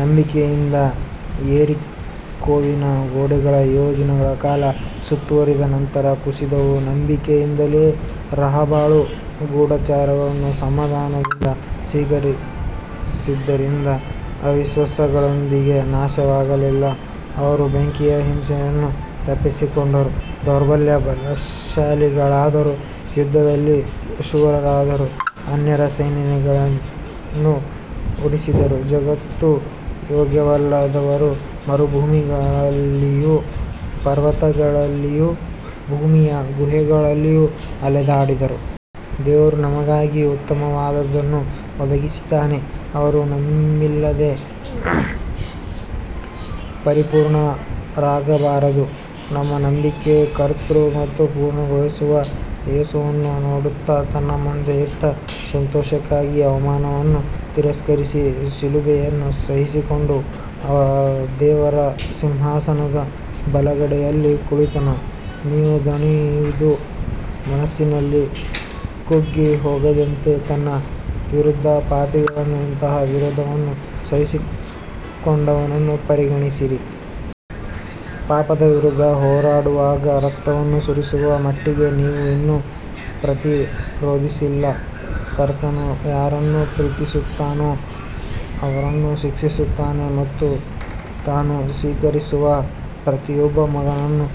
ನಂಬಿಕೆಯಿಂದ ಯೆರಿಕೋವಿನ ಗೋಡೆಗಳು ಏಳು ದಿನಗಳ ಕಾಲ ಸುತ್ತುವರಿದ ನಂತರ ಕುಸಿದವು. ನಂಬಿಕೆಯಿಂದಲೇ ರಾಹಾಬಳು ಗೂಢಚಾರರನ್ನು ಸಮಾಧಾನದಿಂದ ಸ್ವೀಕರಿಸಿದ್ದರಿಂದ ಅವಿಶ್ವಾಸಿಗಳೊಂದಿಗೆ ನಾಶವಾಗಲಿಲ್ಲ. ಅವರು ಬೆಂಕಿಯ ಹಿಂಸೆಯನ್ನು ತಪ್ಪಿಸಿಕೊಂಡರು, ದೌರ್ಬಲ್ಯದಿಂದ ಬಲಶಾಲಿಗಳಾದರು, ಯುದ್ಧದಲ್ಲಿ ಶೂರರಾದರು, ಅನ್ಯರ ಸೈನ್ಯಗಳನ್ನು ಓಡಿಸಿದರು. ಜಗತ್ತು ಯೋಗ್ಯವಲ್ಲದವರು ಮರುಭೂಮಿಗಳಲ್ಲಿಯೂ ಪರ್ವತಗಳಲ್ಲಿಯೂ ಭೂಮಿಯ ಗುಹೆಗಳಲ್ಲಿಯೂ ಅಲೆದಾಡಿದರು. ದೇವರು ನಮಗಾಗಿ ಉತ್ತಮವಾದದ್ದನ್ನು ಒದಗಿಸಿದ್ದಾನೆ, ಅವರು ನಮ್ಮಿಲ್ಲದೆ ಪರಿಪೂರ್ಣರಾಗಬಾರದು. ನಮ್ಮ ನಂಬಿಕೆಯ ಕರ್ತೃ ಮತ್ತು ಪೂರ್ಣಗೊಳಿಸುವ ಯೇಸುವನ್ನು ನೋಡುತ್ತಾ, ತನ್ನ ಮುಂದೆ ಇಟ್ಟ ಸಂತೋಷಕ್ಕಾಗಿ ಅವಮಾನವನ್ನು ತಿರಸ್ಕರಿಸಿ ಶಿಲುಬೆಯನ್ನು ಸಹಿಸಿಕೊಂಡು ದೇವರ ಸಿಂಹಾಸನದ ಬಲಗಡೆಯಲ್ಲಿ ಕುಳಿತನು. ನೀವು ದಣಿದು ಮನಸ್ಸಿನಲ್ಲಿ ಕುಗ್ಗಿಹೋಗದಂತೆ ತನ್ನ ವಿರುದ್ಧ ಪಾಪಿಗಳ ಇಂತಹ ವಿರೋಧವನ್ನು ಸಹಿಸಿಕೊಂಡವನನ್ನು ಪರಿಗಣಿಸಿರಿ. ಪಾಪದ ವಿರುದ್ಧ ಹೋರಾಡುವಾಗ ರಕ್ತವನ್ನು ಸುರಿಸುವ ಮಟ್ಟಿಗೆ ನೀವು ಇನ್ನೂ ಪ್ರತಿರೋಧಿಸಿಲ್ಲ. ಕರ್ತನು ಯಾರನ್ನು ಪ್ರೀತಿಸುತ್ತಾನೋ ಅವರನ್ನು ಶಿಕ್ಷಿಸುತ್ತಾನೆ ಮತ್ತು ತಾನು ಸ್ವೀಕರಿಸುವ ಪ್ರತಿಯೊಬ್ಬ ಮಗನನ್ನು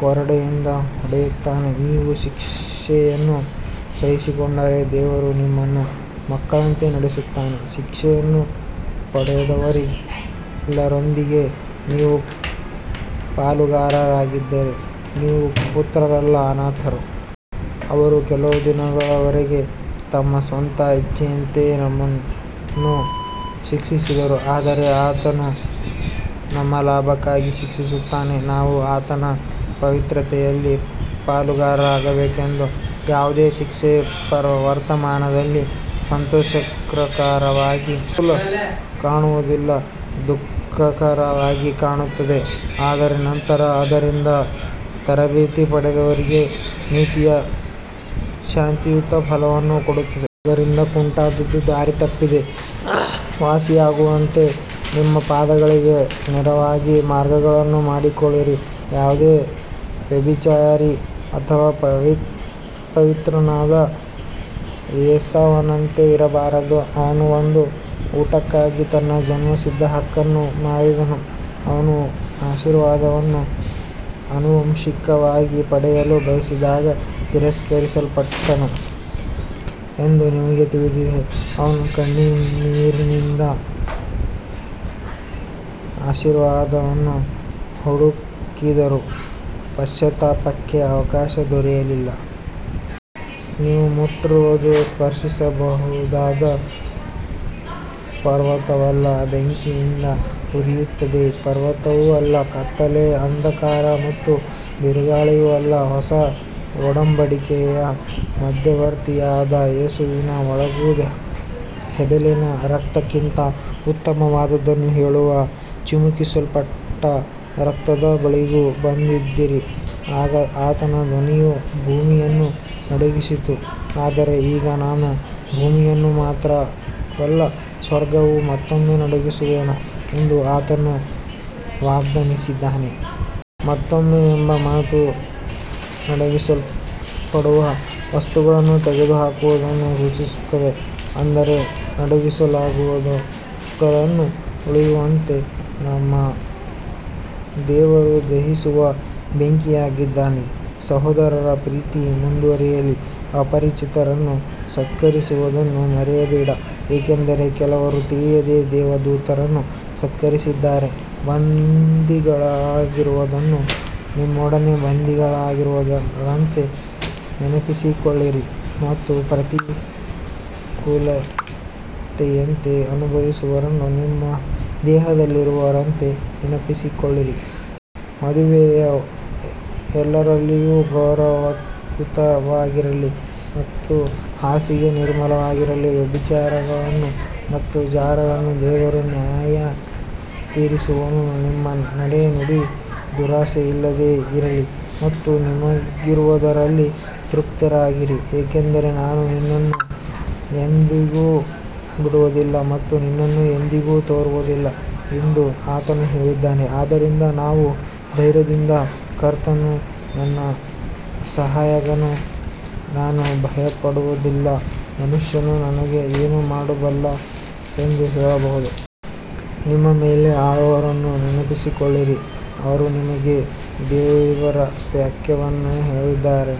ಕೊರಡೆಯಿಂದ ಹೊಡೆಯುತ್ತಾನೆ. ನೀವು ಶಿಕ್ಷೆಯನ್ನು ಸಹಿಸಿಕೊಂಡರೆ ದೇವರು ನಿಮ್ಮನ್ನು ಮಕ್ಕಳಂತೆ ನಡೆಸುತ್ತಾನೆ. ಶಿಕ್ಷೆಯನ್ನು ಪಡೆಯದವರೆಲ್ಲರೊಂದಿಗೆ ನೀವು ಪಾಲುಗಾರರಾಗಿದ್ದರೆ ನೀವು ಪುತ್ರರಲ್ಲ, ಅನಾಥರು. ಅವರು ಕೆಲವು ದಿನಗಳವರೆಗೆ ತಮ್ಮ ಸ್ವಂತ ಇಚ್ಛೆಯಂತೆ ನಮ್ಮನ್ನು ಶಿಕ್ಷಿಸಿದರು, ಆದರೆ ಆತನು ನಮ್ಮ ಲಾಭಕ್ಕಾಗಿ ಶಿಕ್ಷಿಸುತ್ತಾನೆ, ನಾವು ಆತನ ಪವಿತ್ರತೆಯಲ್ಲಿ ಪಾಲುಗಾರರಾಗಬೇಕೆಂದು. ಯಾವುದೇ ಶಿಕ್ಷೆಯು ವರ್ತಮಾನದಲ್ಲಿ ಸಂತೋಷಕರವಾಗಿ ಕಾಣುವುದಿಲ್ಲ, ದುಃಖಕರವಾಗಿ ಕಾಣುತ್ತದೆ. ಆದರೆ ನಂತರ ಅದರಿಂದ ತರಬೇತಿ ಪಡೆದವರಿಗೆ ನೀತಿಯ ಶಾಂತಿಯುತ ಫಲವನ್ನು ಕೊಡುತ್ತದೆ. ಆದ್ದರಿಂದ ಕುಂಟಾದದ್ದು ದಾರಿ ತಪ್ಪದೆ ವಾಸಿಯಾಗುವಂತೆ ನಿಮ್ಮ ಪಾದಗಳಿಗೆ ನೇರವಾದ ಮಾರ್ಗಗಳನ್ನು ಮಾಡಿಕೊಳ್ಳಿರಿ. ಯಾವುದೇ ವ್ಯಭಿಚಾರಿ ಅಥವಾ ಅಪವಿತ್ರನಾದ ಏಸಾವನಂತೆ ಇರಬಾರದು, ಅವನು ಒಂದು ಊಟಕ್ಕಾಗಿ ತನ್ನ ಜನ್ಮಸಿದ್ಧ ಹಕ್ಕನ್ನು ಮಾರಿದನು. ಅವನು ಆಶೀರ್ವಾದವನ್ನು ಆನುವಂಶಿಕವಾಗಿ ಪಡೆಯಲು ಬಯಸಿದಾಗ ತಿರಸ್ಕರಿಸಲ್ಪಟ್ಟನು ಎಂದು ನಿಮಗೆ ತಿಳಿದಿದೆ. ಅವನು ಕಣ್ಣೀರಿನಿಂದ ಆಶೀರ್ವಾದವನ್ನು ಹುಡುಕಿದರೂ ಪಶ್ಚಾತ್ತಾಪಕ್ಕೆ ಅವಕಾಶ ದೊರೆಯಲಿಲ್ಲ. ನೀವು ಮುಟ್ಟಿರುವುದು ಸ್ಪರ್ಶಿಸಬಹುದಾದ ಪರ್ವತವಲ್ಲ, ಬೆಂಕಿಯಿಂದ ಉರಿಯುತ್ತಿದ್ದ ಪರ್ವತವೂ ಅಲ್ಲ, ಕತ್ತಲೆ, ಅಂಧಕಾರ ಮತ್ತು ಬಿರುಗಾಳಿಯೂ ಅಲ್ಲ. ಹೊಸ ಒಡಂಬಡಿಕೆಯ ಮಧ್ಯವರ್ತಿಯಾದ ಯೇಸುವಿನ ಬಳಿಗೂ, ಹೇಬೆಲನ ರಕ್ತಕ್ಕಿಂತ ಉತ್ತಮವಾದದ್ದನ್ನು ಹೇಳುವ ಚಿಮುಕಿಸಲ್ಪಟ್ಟ ರಕ್ತದ ಬಳಿಗೂ ಬಂದಿದ್ದೀರಿ. ಆಗ ಆತನ ಧ್ವನಿಯು ಭೂಮಿಯನ್ನು ನಡುಗಿಸಿತು, ಆದರೆ ಈಗ ನಾನು ಭೂಮಿಯನ್ನು ಮಾತ್ರವಲ್ಲ, ಸ್ವರ್ಗವನ್ನೂ ಮತ್ತೊಮ್ಮೆ ನಡುಗಿಸುವೆನು ಎಂದು ಆತನು ವಾಗ್ದಾನಿಸಿದ್ದಾನೆ. ಮತ್ತೊಮ್ಮೆ ಎಂಬ ಮಾತು ನಡುಗಿಸಲ್ಪಡುವ ವಸ್ತುಗಳನ್ನು ತೆಗೆದುಹಾಕುವುದನ್ನು ಸೂಚಿಸುತ್ತದೆ, ಅಂದರೆ ನಡುಗಿಸಲಾಗದವುಗಳು ಉಳಿಯುವಂತೆ. ನಮ್ಮ ದೇವರು ದಹಿಸುವ ಬೆಂಕಿಯಾಗಿದ್ದಾನೆ. ಸಹೋದರ ಪ್ರೀತಿ ಮುಂದುವರಿಯಲಿ. ಅಪರಿಚಿತರನ್ನು ಸತ್ಕರಿಸುವುದನ್ನು ಮರೆಯಬೇಡಿ, ಏಕೆಂದರೆ ಕೆಲವರು ತಿಳಿಯದೆ ದೇವದೂತರನ್ನು ಸತ್ಕರಿಸಿದ್ದಾರೆ. ಬಂಧಿಗಳಾಗಿರುವವರನ್ನು ನಿಮ್ಮೊಡನೆ ಬಂಧಿಗಳಾಗಿರುವವರಂತೆ ನೆನಪಿಸಿಕೊಳ್ಳಿರಿ ಮತ್ತು ಪ್ರತಿಕೂಲತೆಯನ್ನು ಅನುಭವಿಸುವವರನ್ನು ನಿಮ್ಮ ದೇಹದಲ್ಲಿರುವವರಂತೆ ನೆನಪಿಸಿಕೊಳ್ಳಿರಿ. ಮದುವೆಯು ಎಲ್ಲರಲ್ಲಿಯೂ ಗೌರವಯುತವಾಗಿರಲಿ ಮತ್ತು ಹಾಸಿಗೆ ನಿರ್ಮಲವಾಗಿರಲಿ. ವ್ಯಭಿಚಾರಿಗಳನ್ನು ಮತ್ತು ಜಾರರನ್ನು ದೇವರು ನ್ಯಾಯತೀರಿಸುವನು. ನಿಮ್ಮ ನಡೆನುಡಿ ದುರಾಶೆಯಿಲ್ಲದೆ ಇರಲಿ ಮತ್ತು ನಿಮಗಿರುವುದರಲ್ಲಿ ತೃಪ್ತರಾಗಿರಿ, ಏಕೆಂದರೆ ನಾನು ನಿನ್ನನ್ನು ಎಂದಿಗೂ ಬಿಡುವುದಿಲ್ಲ ಮತ್ತು ನಿನ್ನನ್ನು ಎಂದಿಗೂ ತೊರೆಯುವುದಿಲ್ಲ ಎಂದು ಆತನು ಹೇಳಿದ್ದಾನೆ. ಆದ್ದರಿಂದ ನಾವು ಧೈರ್ಯದಿಂದ ಕರ್ತನು ನನ್ನ ಸಹಾಯಕನು, ನಾನು ಭಯಪಡುವುದಿಲ್ಲ, ಮನುಷ್ಯನು ನನಗೆ ಏನು ಮಾಡಬಲ್ಲನು ಎಂದು ಹೇಳಬಹುದು. ನಿಮ್ಮ ಮೇಲೆ ಆಳುವವರನ್ನು ನೆನಪಿಸಿಕೊಳ್ಳಿರಿ, ಅವರು ನಿಮಗೆ ದೇವರ ವಾಕ್ಯವನ್ನು ಹೇಳಿದ್ದಾರೆ.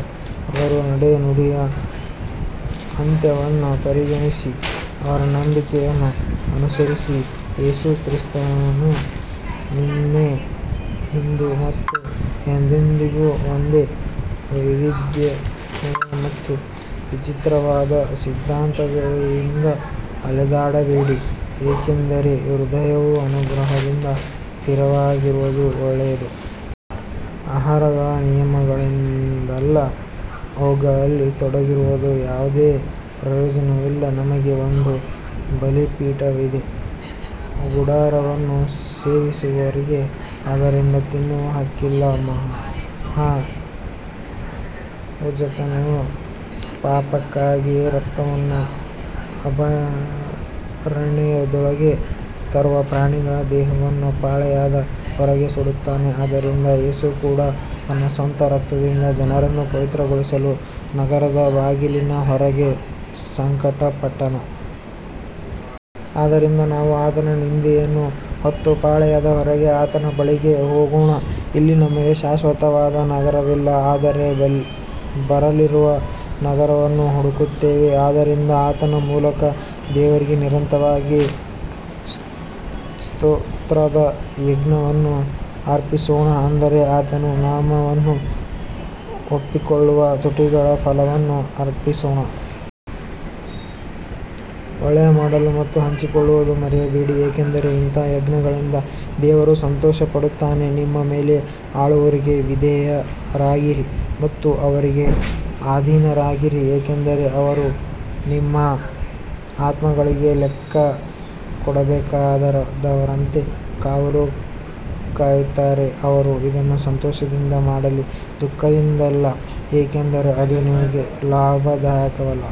ಅವರ ನಡೆನುಡಿಯ ಅಂತ್ಯವನ್ನು ಪರಿಗಣಿಸಿ ಅವರ ನಂಬಿಕೆಯನ್ನು ಅನುಸರಿಸಿರಿ. ಯೇಸು ಕ್ರಿಸ್ತನು ನಿನ್ನೆ, ಇಂದು ಮತ್ತು ಎಂದೆಂದಿಗೂ ಒಂದೇ. ವೈವಿಧ್ಯಮಯ ಮತ್ತು ವಿಚಿತ್ರವಾದ ಸಿದ್ಧಾಂತಗಳಿಂದ ಅಲೆದಾಡಬೇಡಿ, ಏಕೆಂದರೆ ಹೃದಯವು ಅನುಗ್ರಹದಿಂದ ಸ್ಥಿರವಾಗಿರುವುದು ಒಳ್ಳೆಯದು. ಆಹಾರಗಳ ನಿಯಮಗಳಿಂದಲ್ಲ, ಅವುಗಳಲ್ಲಿ ತೊಡಗಿರುವವರಿಗೆ ಯಾವುದೇ ಪ್ರಯೋಜನವಿಲ್ಲ. ನಮಗೆ ಒಂದು ಬಲಿಪೀಠವಿದೆ, ಗುಡಾರವನ್ನು ಸೇವಿಸುವವರಿಗೆ ಅದರಿಂದ ತಿನ್ನುವ ಹಕ್ಕಿಲ್ಲ. ಮಹಾಯಾಜಕನು ಪಾಪಕ್ಕಾಗಿ ರಕ್ತವನ್ನು ಅಭಯಾರಣ್ಯದೊಳಗೆ ತರುವ ಪ್ರಾಣಿಗಳ ದೇಹಗಳನ್ನು ಪಾಳೆಯದ ಹೊರಗೆ ಸುಡುತ್ತಾರೆ. ಆದ್ದರಿಂದ ಯೇಸು ಕೂಡ ತನ್ನ ಸ್ವಂತ ರಕ್ತದಿಂದ ಜನರನ್ನು ಪವಿತ್ರಗೊಳಿಸಲು ನಗರದ ಬಾಗಿಲಿನ ಹೊರಗೆ ಸಂಕಟಪಟ್ಟನು. ಆದ್ದರಿಂದ ನಾವು ಆತನ ನಿಂದೆಯನ್ನು ಹೊತ್ತು ಪಾಳೆಯದ ಹೊರಗೆ ಆತನ ಬಳಿಗೆ ಹೋಗೋಣ. ಇಲ್ಲಿ ನಮಗೆ ಶಾಶ್ವತವಾದ ನಗರವಿಲ್ಲ, ಆದರೆ ಬರಲಿರುವ ನಗರವನ್ನು ಹುಡುಕುತ್ತೇವೆ. ಆದ್ದರಿಂದ ಆತನ ಮೂಲಕ ದೇವರಿಗೆ ನಿರಂತರವಾಗಿ ಸ್ತೋತ್ರದ ಯಜ್ಞವನ್ನು ಅರ್ಪಿಸೋಣ, ಅಂದರೆ ಆತನ ನಾಮವನ್ನು ಒಪ್ಪಿಕೊಳ್ಳುವ ತುಟಿಗಳ ಫಲವನ್ನು ಅರ್ಪಿಸೋಣ. ಒಳ್ಳೆಯದನ್ನು ಮಾಡಲು ಮತ್ತು ಹಂಚಿಕೊಳ್ಳುವುದನ್ನು ಮರೆಯಬೇಡಿ, ಏಕೆಂದರೆ ಇಂಥ ಯಜ್ಞಗಳಿಂದ ದೇವರು ಸಂತೋಷಪಡುತ್ತಾನೆ. ನಿಮ್ಮ ಮೇಲೆ ಆಳುವವರಿಗೆ ವಿಧೇಯರಾಗಿರಿ ಮತ್ತು ಅವರಿಗೆ ಅಧೀನರಾಗಿರಿ, ಏಕೆಂದರೆ ಅವರು ನಿಮ್ಮ ಆತ್ಮಗಳಿಗಾಗಿ ಲೆಕ್ಕ ಕೊಡಬೇಕಾದವರಂತೆ ಕಾವಲು ಕಾಯುತ್ತಾರೆ. ಅವರು ಇದನ್ನು ಸಂತೋಷದಿಂದ ಮಾಡಲಿ, ದುಃಖದಿಂದಲ್ಲ, ಏಕೆಂದರೆ ಅದು ನಿಮಗೆ ಲಾಭದಾಯಕವಲ್ಲ.